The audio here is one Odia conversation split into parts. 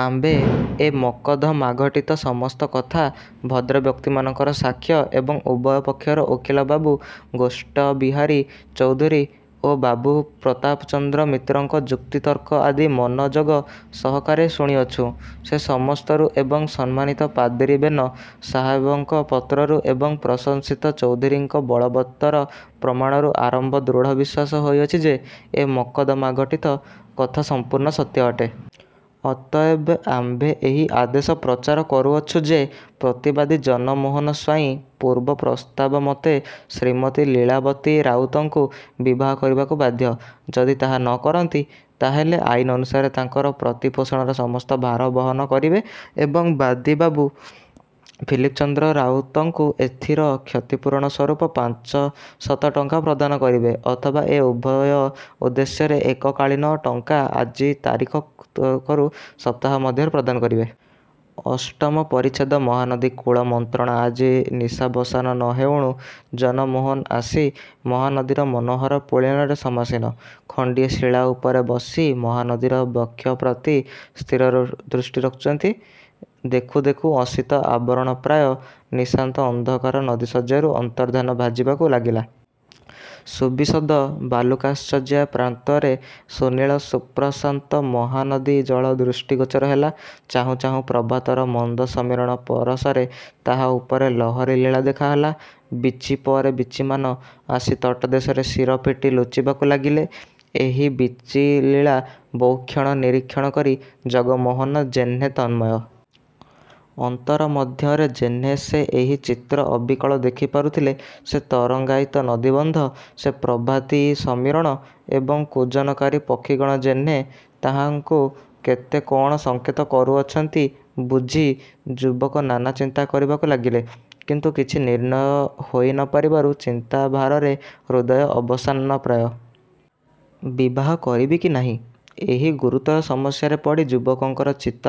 ''ଆମ୍ଭେ ଏ ମକଦ୍ଦମାଘଟିତ ସମସ୍ତ କଥା, ଭଦ୍ରବ୍ୟକ୍ତିମାନଙ୍କର ସାକ୍ଷ ଏବଂ ଉଭୟ ପକ୍ଷର ଓକିଲ ବାବୁ ଗୋଷ୍ଠବିହାରୀ ଚୌଧୁରୀ ଓ ବାବୁ ପ୍ରତାପଚନ୍ଦ୍ର ମିତ୍ରଙ୍କ ଯୁକ୍ତି ତର୍କ ଆଦି ମନୋଯୋଗ ସହକାରେ ଶୁଣିଅଛୁଁ। ସେ ସମସ୍ତରୁ ଏବଂ ସମ୍ମାନିତ ପାଦ୍ରି ବେନ ସାହେବଙ୍କ ପତ୍ରରୁ ଏବଂ ପ୍ରଶଂସିତ ଚୌଧୁରୀଙ୍କ ବଳବତ୍ତର ପ୍ରମାଣରୁ ଆମ୍ଭର ଦୃଢ଼ ବିଶ୍ୱାସ ହୋଇଅଛି ଯେ, ଏ ମକଦ୍ଦମାଘଟିତ କଥା ସମ୍ପୂର୍ଣ୍ଣ ସତ୍ୟ ଅଟେ। ଅତଏବ ଆମ୍ଭେ ଏହି ଆଦେଶ ପ୍ରଚାର କରୁଅଛୁଁ ଯେ, ପ୍ରତିବାଦୀ ଜନମୋହନ ସ୍ୱାଇଁ ପୂର୍ବ ପ୍ରସ୍ତାବମତେ ଶ୍ରୀମତୀ ଲୀଳାବତୀ ରାଉତଙ୍କୁ ବିବାହ କରିବାକୁ ବାଧ୍ୟ। ଯଦି ତାହା ନ କରନ୍ତି, ତାହାହେଲେ ଆଇନ ଅନୁସାରେ ତାଙ୍କର ପ୍ରତିପୋଷଣର ସମସ୍ତ ଭାର ବହନ କରିବେ ଏବଂ ବାଦୀ ବାବୁ ଫିଲିପଚନ୍ଦ୍ର ରାଉତଙ୍କୁ ଏଥିର କ୍ଷତିପୂରଣସ୍ୱରୂପ ପାଞ୍ଚ ଶତ ଟଙ୍କା ପ୍ରଦାନ କରିବେ ଅଥବା ଏ ଉଭୟ ଉଦ୍ଦେଶ୍ୟରେ ଏକକାଳୀନ ଟଙ୍କା ଆଜି ତାରିଖରୁ ସପ୍ତାହ ମଧ୍ୟରେ ପ୍ରଦାନ କରିବେ। '' ଅଷ୍ଟମ ପରିଚ୍ଛେଦ ମହାନଦୀ କୂଳ ମନ୍ତ୍ରଣା ଆଜି ନିଶାବସାନ ନ ହେଉଣୁ ଜନମୋହନ ଆସି ମହାନଦୀର ମନୋହର ପୁଳିନରେ ସମାସୀନ। ଖଣ୍ଡିଏ ଶିଳା ଉପରେ ବସି ମହାନଦୀର ବକ୍ଷ ପ୍ରତି ସ୍ଥିରଦୃଷ୍ଟି ରଖିଅଛନ୍ତି। ଦେଖୁଁ ଦେଖୁଁ ଅସିତ ଆବରଣ ପ୍ରାୟ ନିଶାନ୍ତ ଅନ୍ଧକାର ନଦୀଶଯ୍ୟାରୁ ଅନ୍ତର୍ଦ୍ଧାନ ଭଜିବାକୁ ଲାଗିଲା। ସୁବିଶଦ ବାଲୁକାଶଯ୍ୟାପ୍ରାନ୍ତରେ ସୁନୀଳ ସୁପ୍ରଶାନ୍ତ ମହାନଦୀଜଳ ଦୃଷ୍ଟିଗୋଚର ହେଲା। ଚାହୁଁ ଚାହୁଁ ପ୍ରଭାତର ମନ୍ଦ ସମୀରଣ ପରଶରେ ତାହା ଉପରେ ଲହରୀଲୀଳା ଦେଖା ଦେଲା। ବୀଚି ପରେ ବୀଚିମାନ ଆସି ତଟଦେଶରେ ଶିର ପିଟି ଲୁଚିବାକୁ ଲାଗିଲେ। ଏହି ବୀଚିଲୀଳା ବହୁକ୍ଷଣ ନିରୀକ୍ଷଣ କରି ଜଗମୋହନ ଯେହ୍ନେ ତନ୍ମୟ। ଅନ୍ତର ମଧ୍ୟରେ ଯେହ୍ନେ ସେ ଏହି ଚିତ୍ର ଅବିକଳ ଦେଖି ପାରୁଥିଲେ। ସେ ତରଙ୍ଗାୟିତ ନଦୀବନ୍ଧ, ସେ ପ୍ରଭାତୀ ସମୀରଣ ଏବଂ କୂଜନକାରୀ ପକ୍ଷିଗଣ ଯେହ୍ନେ ତାହାଙ୍କୁ କେତେ କଣ ସଙ୍କେତ କରୁଅଛନ୍ତି ବୁଝି, ଯୁବକ ନାନା ଚିନ୍ତା କରିବାକୁ ଲାଗିଲେ। କିନ୍ତୁ କିଛି ନିର୍ଣ୍ଣୟ ହୋଇ ନ ପାରିବାରୁ ଚିନ୍ତାଭାରରେ ହୃଦୟ ଅବସନ୍ନପ୍ରାୟ। 'ବିବାହ କରିବି କି ନାହିଁ' ଏହି ଗୁରୁତର ସମସ୍ୟାରେ ପଡ଼ି ଯୁବକଙ୍କର ଚିତ୍ତ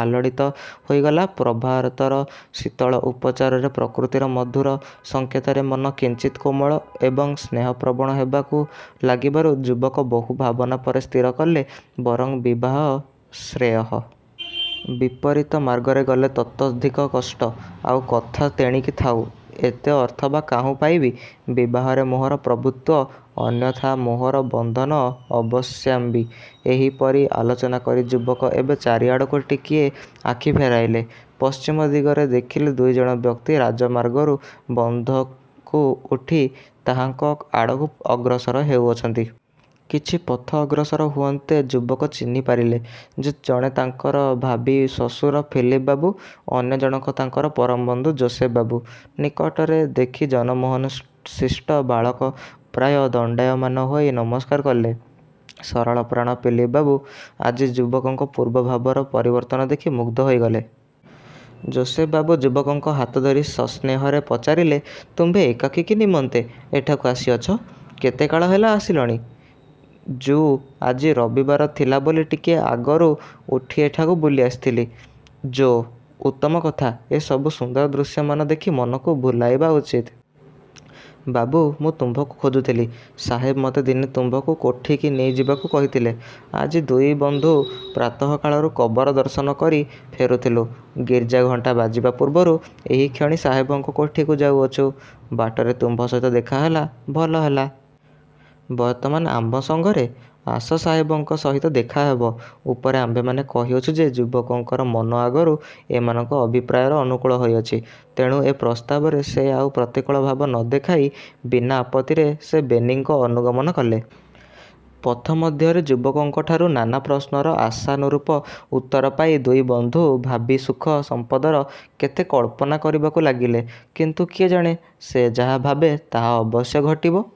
ଆଲୋଡ଼ିତ ହୋଇଗଲା। ପ୍ରଭାତର ଶୀତଳ ଉପଚାରରେ ପ୍ରକୃତିର ମଧୁର ସଙ୍କେତରେ ମନ କିଞ୍ଚିତ୍ କୋମଳ ଏବଂ ସ୍ନେହପ୍ରବଣ ହେବାକୁ ଲାଗିବାରୁ ଯୁବକ ବହୁ ଭାବନା ପରେ ସ୍ଥିର କଲେ, ବରଂ ବିବାହ ଶ୍ରେୟଃ। ବିପରୀତମାର୍ଗରେ ଗଲେ ତତୋଽଧିକ କଷ୍ଟ। ଆଉ କଥା ତେଣିକି ଥାଉ, ଏତେ ଅର୍ଥ ବା କାହୁଁ ପାଇବି? ବିବାହରେ ମୋହର ପ୍ରଭୁତ୍ୱ, ଅନ୍ୟଥା ମୋହର ବନ୍ଧନ ଅବଶ୍ୟମ୍ଭାବୀ। ଏହିପରି ଆଲୋଚନା କରି ଯୁବକ ଏବେ ଚାରିଆଡ଼କୁ ଟିକିଏ ଆଖି ଫେରାଇଲେ। ପଶ୍ଚିମଦିଗରେ ଦେଖିଲେ, ଦୁଇ ଜଣ ବ୍ୟକ୍ତି ରାଜମାର୍ଗରୁ ବନ୍ଧକୁ ଉଠି ତାହାଙ୍କ ଆଡ଼କୁ ଅଗ୍ରସର ହେଉଅଛନ୍ତି। କିଛି ପଥ ଅଗ୍ରସର ହୁଅନ୍ତେ ଯୁବକ ଚିହ୍ନି ପାରିଲେ ଯେ ଜଣେ ତାଙ୍କର ଭାବୀ ଶ୍ୱଶୁର ଫିଲିପ ବାବୁ, ଅନ୍ୟ ଜଣକ ତାଙ୍କର ପରମବନ୍ଧୁ ଯୋଶେଫ ବାବୁ। ନିକଟରେ ଦେଖି ଜନମୋହନ ଶିଷ୍ଟ ବାଳକ ପ୍ରାୟ ଦଣ୍ଡାୟମାନ ହୋଇ ନମସ୍କାର କଲେ। ସରଳପ୍ରାଣ ଫିଲିପ ବାବୁ ଆଜି ଯୁବକଙ୍କ ପୂର୍ବ ଭାବର ପରିବର୍ତ୍ତନ ଦେଖି ମୁଗ୍ଧ ହୋଇଗଲେ। ଯୋଶେଫ ବାବୁ ଯୁବକଙ୍କ ହାତ ଧରି ସସ୍ନେହରେ ପଚାରିଲେ, ''ତୁମ୍ଭେ ଏକାକୀ କି ନିମନ୍ତେ ଏଠାକୁ ଆସିଅଛ? କେତେକାଳ ହେଲା ଆସିଲଣି? '' ଯୁ- ଆଜି ରବିବାର ଥିଲା ବୋଲି ଟିକିଏ ଆଗରୁ ଉଠି ଏଠାକୁ ବୁଲିଆସିଥିଲି। ଯୋ- ଉତ୍ତମ କଥା, ଏ ସବୁ ସୁନ୍ଦର ଦୃଶ୍ୟମାନ ଦେଖି ମନକୁ ଭୁଲାଇବା ଉଚିତ। ବାବୁ, ମୁଁ ତୁମ୍ଭଙ୍କୁ ଖୋଜୁଥିଲି। ସାହେବ ମୋତେ ଦିନେ ତୁମ୍ଭଙ୍କୁ କୋଠିକି ନେଇଯିବାକୁ କହିଥିଲେ। ଆଜି ଦୁଇ ବନ୍ଧୁ ପ୍ରାତଃକାଳରୁ କବର ଦର୍ଶନ କରି ଫେରୁଥିଲୁଁ। ଗିର୍ଜାଘଣ୍ଟା ବାଜିବା ପୂର୍ବରୁ ଏହିକ୍ଷଣି ସାହେବଙ୍କ କୋଠିକି ଯାଉଅଛୁଁ। ବାଟରେ ତୁମ୍ଭ ସହିତ ଦେଖା ହେଲା, ଭଲ ହେଲା। ବର୍ତ୍ତମାନ ଆମ୍ଭ ସଙ୍ଗରେ। ଆସ, ସାହେବଙ୍କ ସହିତ ଦେଖା ହେବ। ଉପରେ ଆମ୍ଭେମାନେ କହିଅଛୁଁ ଯେ ଯୁବକଙ୍କର ମନ ଆଗରୁ ଏମାନଙ୍କ ଅଭିପ୍ରାୟର ଅନୁକୂଳ ହୋଇଅଛି। ତେଣୁ ଏ ପ୍ରସ୍ତାବରେ ସେ ଆଉ ପ୍ରତିକୂଳ ଭାବ ନ ଦେଖାଇ ବିନା ଆପତ୍ତିରେ ସେ ବେନିଙ୍କ ଅନୁଗମନ କଲେ। ପଥ ମଧ୍ୟରେ ଯୁବକଙ୍କଠାରୁ ନାନା ପ୍ରଶ୍ନର ଆଶାନୁରୂପ ଉତ୍ତର ପାଇ ଦୁଇ ବନ୍ଧୁ ଭାବୀ ସୁଖ ସମ୍ପଦର କେତେ କଳ୍ପନା କରିବାକୁ ଲାଗିଲେ। କିନ୍ତୁ କିଏ ଜାଣେ, ସେ ଯାହା ଭାବେ, ତାହା ଅବଶ୍ୟ ଘଟିବ?